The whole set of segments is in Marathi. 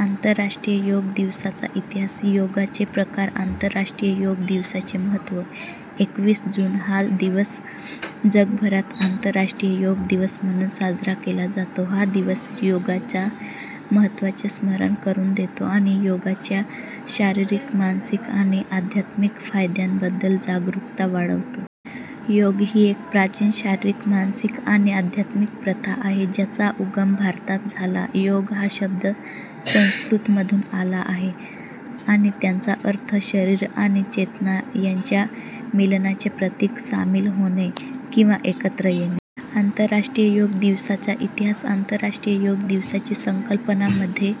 आंतरराष्ट्रीय योग दिवसाचा इतिहास, योगाचे प्रकार, आंतरराष्ट्रीय योग दिवसाचे महत्त्व. एकवीस जून हा दिवस जगभरात आंतरराष्ट्रीय योग दिवस म्हणून साजरा केला जातो. हा दिवस योगाच्या महत्त्वाचे स्मरण करून देतो आणि योगाच्या शारीरिक, मानसिक आणि आध्यात्मिक फायद्यांबद्दल जागरूकता वाढवतो. योग ही एक प्राचीन शारीरिक, मानसिक आणि आध्यात्मिक प्रथा आहे, ज्याचा उगम भारतात झाला. योग हा शब्द संस्कृतमधून आला आहे आणि त्याचा अर्थ शरीर आणि चेतना यांच्या मिलनाचे प्रतीक, सामील होणे किंवा एकत्र येणे. आंतरराष्ट्रीय योग दिवसाचा इतिहास. आंतरराष्ट्रीय योग दिवसाची संकल्पना मध्ये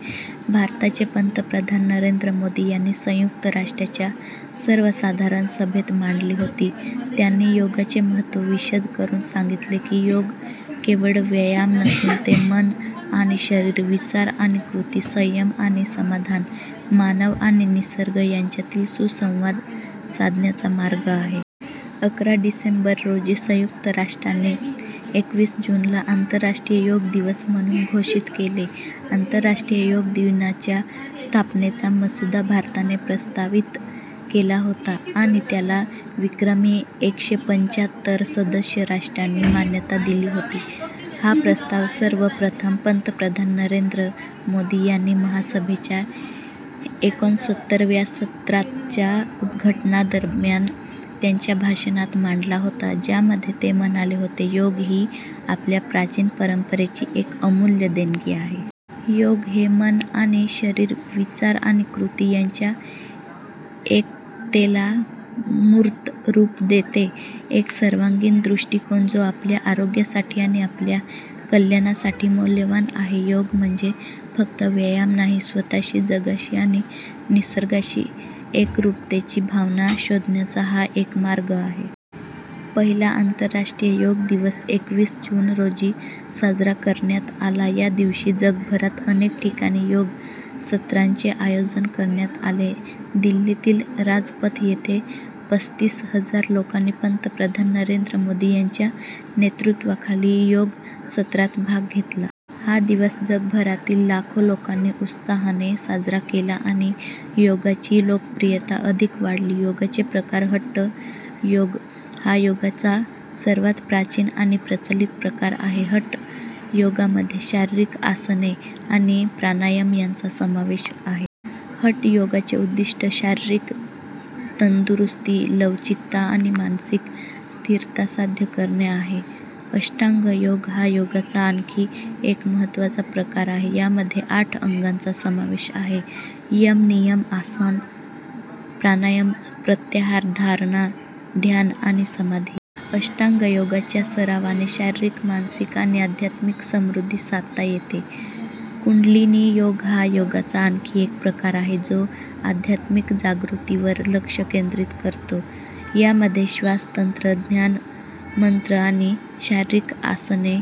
भारताचे पंतप्रधान नरेंद्र मोदी यांनी संयुक्त राष्ट्रांच्या सर्वसाधारण सभेत मांडली होती. त्यांनी योगाचे महत्त्व विशद करून सांगितले की, योग केवळ व्यायाम नसून, ते मन आणि शरीर, विचार आणि कृती, संयम आणि समाधान, मानव आणि निसर्ग यांच्यातील सुसंवाद साधण्याचा मार्ग आहे. अकरा डिसेंबर रोजी संयुक्त राष्ट्रांनी एकवीस जूनला आंतरराष्ट्रीय योग दिवस म्हणून घोषित केले. आंतरराष्ट्रीय योग दिनाच्या स्थापनेचा मसुदा भारताने प्रस्तावित केला होता आणि त्याला विक्रमी एकशे पंच्याहत्तर सदस्य राष्ट्रांनी मान्यता दिली होती. हा प्रस्ताव सर्वप्रथम पंतप्रधान नरेंद्र मोदी यांनी महासभेच्या एकोणसत्तराव्या सत्राच्या उद्घाटनादरम्यान त्यांच्या भाषणात मांडला होता, ज्यामध्ये ते म्हणाले होते, योग ही आपल्या प्राचीन परंपरेची एक अमूल्य देणगी आहे. योग हे मन आणि शरीर, विचार आणि कृती यांच्या एकतेला मूर्त रूप देते, एक सर्वांगीण दृष्टीकोन जो आपल्या आरोग्यासाठी आणि आपल्या कल्याणासाठी मौल्यवान आहे. योग म्हणजे फक्त व्यायाम नाही, स्वतःशी, जगाशी आणि निसर्गाशी एकरूपतेची भावना शोधण्याचा हा एक मार्ग आहे. पहिला आंतरराष्ट्रीय योग दिवस एकवीस जून रोजी साजरा करण्यात आला. या दिवशी जगभरात अनेक ठिकाणी योग सत्रांचे आयोजन करण्यात आले. दिल्लीतील राजपथ येथे पस्तीस हजार लोकांनी पंतप्रधान नरेंद्र मोदी यांच्या नेतृत्वाखाली योग सत्रात भाग घेतला. हा दिवस जगभरातील लाखो लोकांनी उत्साहाने साजरा केला आणि योगाची लोकप्रियता अधिक वाढली. योगाचे प्रकार. हठ योग हा योगाचा सर्वात प्राचीन आणि प्रचलित प्रकार आहे. हठ योगामध्ये शारीरिक आसने आणि प्राणायाम यांचा समावेश आहे. हठ योगाचे उद्दिष्ट शारीरिक तंदुरुस्ती, लवचिकता आणि मानसिक स्थिरता साध्य करणे आहे. अष्टांग योग हा योगाचा आणखी एक महत्त्वाचा प्रकार आहे. यामध्ये आठ अंगांचा समावेश आहे, यम, नियम, आसन, प्राणायाम, प्रत्याहार, धारणा, ध्यान आणि समाधी. अष्टांग योगाच्या सरावाने शारीरिक, मानसिक आणि आध्यात्मिक समृद्धी साधता येते. कुंडलिनी योग हा योगाचा आणखी एक प्रकार आहे, जो आध्यात्मिक जागृतीवर लक्ष केंद्रित करतो. यामध्ये श्वास तंत्र, ध्यान, मंत्र आणि शारीरिक आसने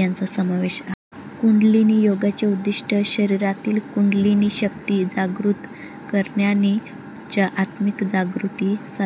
यांचा समावेश आहे. कुंडलिनी योगाचे उद्दिष्ट शरीरातील कुंडलिनी शक्ती जागृत करणे आणि उच्च आत्मिक जागृती साध्य